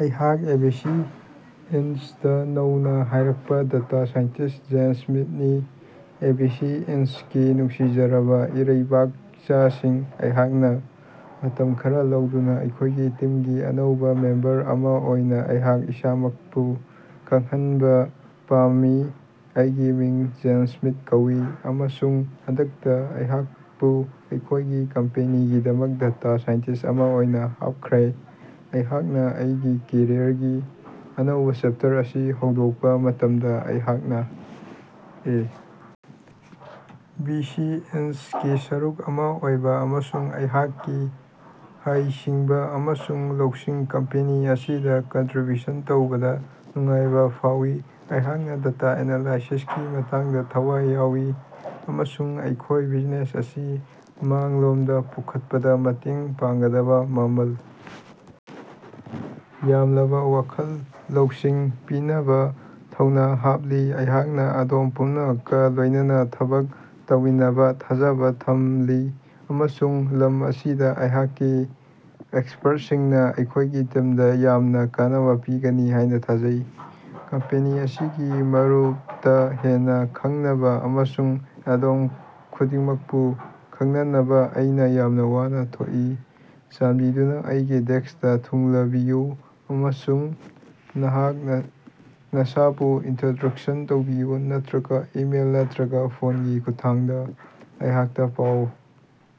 ꯑꯩꯍꯥꯛ ABC. Inch ꯗ ꯅꯧꯅ ꯍꯥꯏꯔꯛꯄ ꯗꯦꯇꯥ ꯁꯥꯏꯟꯇꯤꯁ꯭ꯠ ꯖꯦꯟ ꯁ꯭ꯃꯤꯊꯅꯤ꯫ ꯑꯦ. ꯕꯤ. ꯁꯤ. ꯏꯟꯁ. ꯒꯤ ꯅꯨꯡꯁꯤꯖꯔꯕ ꯏꯔꯩꯕꯥꯛꯆꯥꯁꯤꯡ, ꯑꯩꯍꯥꯛꯅ ꯃꯇꯝ ꯈꯔ ꯂꯧꯗꯨꯅ ꯑꯩꯈꯣꯏꯒꯤ ꯇꯤꯝꯒꯤ ꯑꯅꯧꯕ ꯃꯦꯝꯕꯔ ꯑꯃ ꯑꯣꯏꯅ ꯑꯩꯍꯥꯛ ꯏꯁꯥꯃꯛꯄꯨ ꯈꯪꯍꯟꯕ ꯄꯥꯝꯃꯤ꯫ ꯑꯩꯒꯤ ꯃꯤꯡ ꯖꯦꯟ ꯁ꯭ꯃꯤꯊ ꯀꯧꯏ ꯑꯃꯁꯨꯡ ꯍꯟꯗꯛꯇ ꯑꯩꯍꯥꯛꯄꯨ ꯑꯩꯈꯣꯏꯒꯤ ꯀꯝꯄꯦꯅꯤꯒꯤꯗꯃꯛ ꯗꯦꯇꯥ ꯁꯥꯏꯟꯇꯤꯁ꯭ꯠ ꯑꯃ ꯑꯣꯏꯅ ꯍꯥꯞꯈ꯭ꯔꯦ꯫ ꯑꯩꯍꯥꯛꯅ ꯑꯩꯍꯥꯛꯀꯤ ꯀꯦꯔꯤꯌꯔꯒꯤ ꯑꯅꯧꯕ ꯆꯦꯞꯇꯔ ꯑꯁꯤ ꯍꯧꯗꯣꯛꯄ ꯃꯇꯝꯗ, ꯑꯩꯍꯥꯛꯅ ꯑꯦ. ꯕꯤ. ꯁꯤ. ꯏꯟꯁ. ꯒꯤ ꯁꯔꯨꯛ ꯑꯃ ꯑꯣꯏꯕ ꯑꯃꯁꯨꯡ ꯑꯩꯍꯥꯛꯀꯤ ꯍꯩꯁꯤꯡꯕ ꯑꯃꯁꯨꯡ ꯂꯧꯁꯤꯡ ꯀꯝꯄꯦꯅꯤ ꯑꯁꯤꯗ ꯀꯟꯇ꯭ꯔꯤꯕ꯭ꯌꯨꯠ ꯇꯧꯕꯗ ꯅꯨꯡꯉꯥꯏꯕ ꯐꯥꯎꯏ꯫ ꯑꯩꯍꯥꯛꯅ ꯗꯦꯇꯥ ꯑꯦꯅꯥꯂꯥꯏꯁꯤꯁꯀꯤ ꯃꯇꯥꯡꯗ ꯊꯋꯥꯏ ꯌꯥꯑꯣꯏ ꯑꯃꯁꯨꯡ ꯑꯩꯈꯣꯏꯒꯤ ꯕꯤꯖꯤꯅꯦꯁ ꯑꯁꯤ ꯃꯥꯡꯂꯣꯝꯗ ꯄꯨꯈꯠꯄꯗ ꯃꯇꯦꯡ ꯄꯥꯡꯒꯗꯕ ꯃꯃꯜ ꯌꯥꯝꯂꯕ ꯋꯥꯈꯜ ꯂꯧꯁꯤꯡ ꯄꯤꯅꯕ ꯊꯧꯅ ꯍꯥꯞꯂꯤ꯫ ꯑꯩꯍꯥꯛꯅ ꯑꯗꯣꯝ ꯄꯨꯝꯅꯃꯛꯀ ꯂꯣꯏꯅꯅ ꯊꯕꯛ ꯇꯧꯃꯤꯟꯅꯅꯕ ꯊꯥꯖꯕ ꯊꯝꯂꯤ ꯑꯃꯁꯨꯡ ꯂꯝ ꯑꯁꯤꯗ ꯑꯩꯍꯥꯛꯀꯤ ꯑꯦꯛꯁꯄꯔꯇꯁꯤꯡꯅ ꯑꯩꯈꯣꯏꯒꯤ ꯇꯤꯝꯗ ꯌꯥꯝꯅ ꯀꯥꯟꯅꯕ ꯄꯤꯒꯅꯤ ꯍꯥꯏꯅ ꯊꯥꯖꯩ꯫ ꯀꯝꯄꯦꯅꯤ ꯑꯁꯤꯒꯤ ꯃꯔꯞꯗ ꯍꯦꯟꯅ ꯈꯪꯅꯕ ꯑꯃꯁꯨꯡ ꯑꯗꯣꯝ ꯈꯨꯗꯤꯡꯃꯛꯄꯨ ꯈꯪꯅꯅꯕ ꯑꯩꯅ ꯌꯥꯝꯅ ꯋꯥꯅ ꯊꯣꯛꯏ꯫ ꯆꯥꯟꯕꯤꯗꯨꯅ ꯑꯩꯒꯤ ꯗꯦꯁ꯭ꯀꯇ ꯊꯨꯡꯂꯕꯤꯌꯨ ꯑꯃꯁꯨꯡ ꯅꯍꯥꯛ ꯅꯁꯥꯕꯨ ꯏꯅꯇ꯭ꯔꯣꯗ꯭ꯌꯨꯁꯟ ꯇꯧꯕꯤꯌꯨ ꯅꯠꯇ꯭ꯔꯒ ꯏꯃꯦꯜ ꯅꯠꯇ꯭ꯔꯒ ꯐꯣꯟꯒꯤ ꯈꯨꯠꯊꯥꯡꯗ ꯑꯩꯉꯣꯟꯗ ꯄꯥꯎ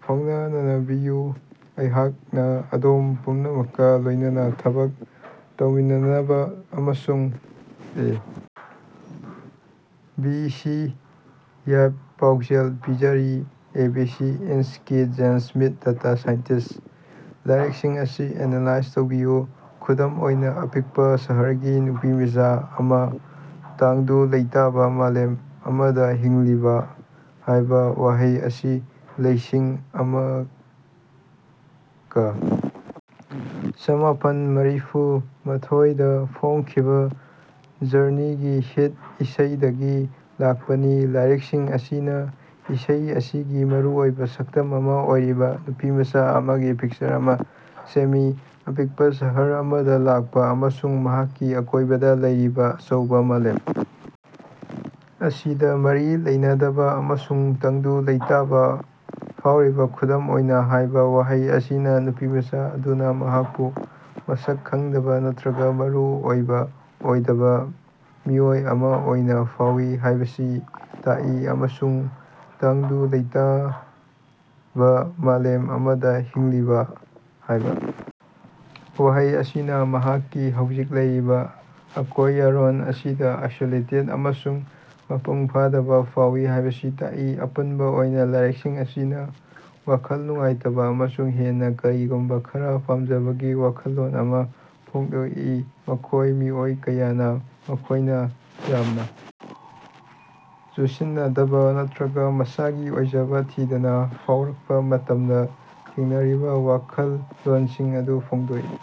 ꯐꯥꯎꯅꯕꯤꯌꯨ ꯫ ꯑꯩꯍꯥꯛꯅ ꯑꯗꯣꯝ ꯄꯨꯝꯅꯃꯛꯀ ꯂꯣꯏꯅꯅ ꯊꯕꯛ ꯇꯧꯃꯤꯟꯅꯅꯕ ꯑꯃꯁꯨꯡ ꯑꯦ. ꯕꯤ. ꯁꯤ. ꯌꯥꯏꯐ-ꯄꯥꯎꯖꯦꯜ ꯄꯤꯖꯔꯤ, ꯑꯦ. ꯕꯤ. ꯁꯤ. ꯏꯟꯁ. ꯒꯤ ꯖꯦꯟ ꯁ꯭ꯃꯤꯊ ꯗꯦꯇꯥ ꯁꯥꯏꯟꯇꯤꯁ꯭ꯠ꯫ ꯂꯤꯔꯤꯛꯁꯤꯡ ꯑꯁꯤ ꯑꯦꯅꯥꯂꯥꯏꯖ ꯇꯧꯕꯤꯌꯨ: "ꯈꯨꯗꯝ ꯑꯣꯏꯅ ꯑꯄꯤꯛꯄ ꯁꯍꯔꯒꯤ ꯅꯨꯄꯤꯃꯆꯥ ꯑꯃ ꯇꯪꯗꯨ ꯂꯩꯇꯥꯕ ꯃꯥꯂꯦꯝ ꯑꯃꯗ ꯍꯤꯡꯂꯤꯕꯥ"꯫ ꯍꯥꯏꯕ ꯋꯥꯍꯩ ꯑꯁꯤ ꯂꯤꯁꯤꯡ ꯑꯃꯒ ꯆꯃꯥꯄꯟ ꯃꯔꯤꯐꯨ ꯃꯥꯊꯣꯏ ꯗ ꯐꯣꯡꯈꯤꯕ ꯖꯔꯅꯤꯒꯤ ꯍꯤꯠ ꯏꯁꯩ ꯗꯒꯤ ꯂꯥꯛꯄꯅꯤ, ꯂꯤꯔꯤꯛꯁꯤꯡ ꯑꯁꯤꯅ ꯏꯁꯩ ꯑꯁꯤꯒꯤ ꯃꯔꯨꯑꯣꯏꯕ ꯁꯛꯇꯝ ꯑꯃ ꯑꯣꯏꯔꯤꯕ ꯅꯨꯄꯤꯃꯆꯥ ꯑꯃꯒꯤ ꯄꯤꯛꯆꯔ ꯑꯃ ꯁꯦꯝꯃꯤ꯫ ꯑꯄꯤꯛꯄ ꯁꯍꯔ ꯑꯃꯗꯒꯤ ꯂꯥꯛꯄ ꯑꯃꯁꯨꯡ ꯃꯍꯥꯛꯀꯤ ꯑꯀꯣꯏꯕꯗ ꯂꯩꯔꯤꯕ ꯑꯆꯧꯕ ꯃꯥꯂꯦꯝ ꯑꯁꯤꯗ ꯃꯔꯤ ꯂꯩꯅꯗꯕ ꯑꯃꯁꯨꯡ ꯇꯪꯗꯨ ꯂꯩꯇꯥꯕ ꯐꯥꯎꯔꯤꯕ꯫ "ꯈꯨꯗꯝ ꯑꯣꯏꯅ" ꯍꯥꯏꯕ ꯋꯥꯍꯩ ꯑꯁꯤꯅ ꯅꯨꯄꯤꯃꯆꯥ ꯑꯗꯨꯅ ꯃꯍꯥꯛꯄꯨ ꯃꯁꯛ ꯈꯪꯗꯕ ꯅꯠꯇ꯭ꯔꯒ ꯃꯔꯨꯑꯣꯏꯕ ꯑꯣꯏꯗꯕ ꯃꯤꯑꯣꯏ ꯑꯃ ꯑꯣꯏꯅ ꯐꯥꯎꯏ ꯍꯥꯢꯕꯁꯤ ꯇꯥꯛꯏ ꯑꯃꯁꯨꯡ "ꯇꯪꯗꯨ ꯂꯩꯇꯥꯕ ꯃꯥꯂꯦꯝ ꯑꯃꯗ ꯍꯤꯡꯂꯤꯕꯥ" ꯍꯥꯏꯕ ꯋꯥꯍꯩ ꯑꯁꯤꯅ ꯃꯍꯥꯛꯀꯤ ꯍꯧꯖꯤꯛ ꯂꯩꯔꯤꯕ ꯑꯀꯣꯌꯔꯣꯟ ꯑꯁꯤꯗ ꯑꯥꯏꯁꯣꯂꯦꯇꯦꯗ ꯑꯃꯁꯨꯡ ꯃꯄꯨꯡ ꯐꯥꯗꯕ ꯐꯥꯎꯏ ꯍꯥꯢꯕꯁꯤ ꯇꯥꯛꯏ꯫ ꯑꯄꯨꯟꯕ ꯑꯣꯏꯅ ꯂꯥꯏꯔꯤꯛꯁꯤꯡ ꯑꯁꯤꯅ ꯋꯥꯈꯜ ꯅꯨꯡꯉꯥꯏꯇꯕ ꯑꯃꯁꯨꯡ ꯍꯦꯟꯅ ꯀꯔꯤꯒꯨꯝꯕ ꯈꯔ ꯄꯥꯝꯖꯕꯒꯤ ꯋꯥꯈꯜꯂꯣꯟ ꯑꯃ ꯐꯣꯡꯗꯣꯛꯏ, ꯃꯈꯣꯢ ꯃꯤꯑꯣꯏ ꯀꯌꯥꯅ ꯃꯈꯣꯏꯅ ꯌꯥꯝꯅ ꯆꯨꯁꯤꯟꯅꯗꯕ ꯅꯠꯇ꯭ꯔꯒ ꯃꯁꯥꯒꯤ ꯑꯣꯏꯖꯕ ꯊꯤꯗꯅ ꯐꯥꯎꯔꯛꯄ ꯃꯇꯝꯗ ꯊꯦꯡꯅꯔꯤꯕ ꯋꯥꯈꯜꯂꯣꯟꯁꯤꯡ ꯑꯗꯨ ꯐꯣꯡꯗꯣꯛꯏ ꯫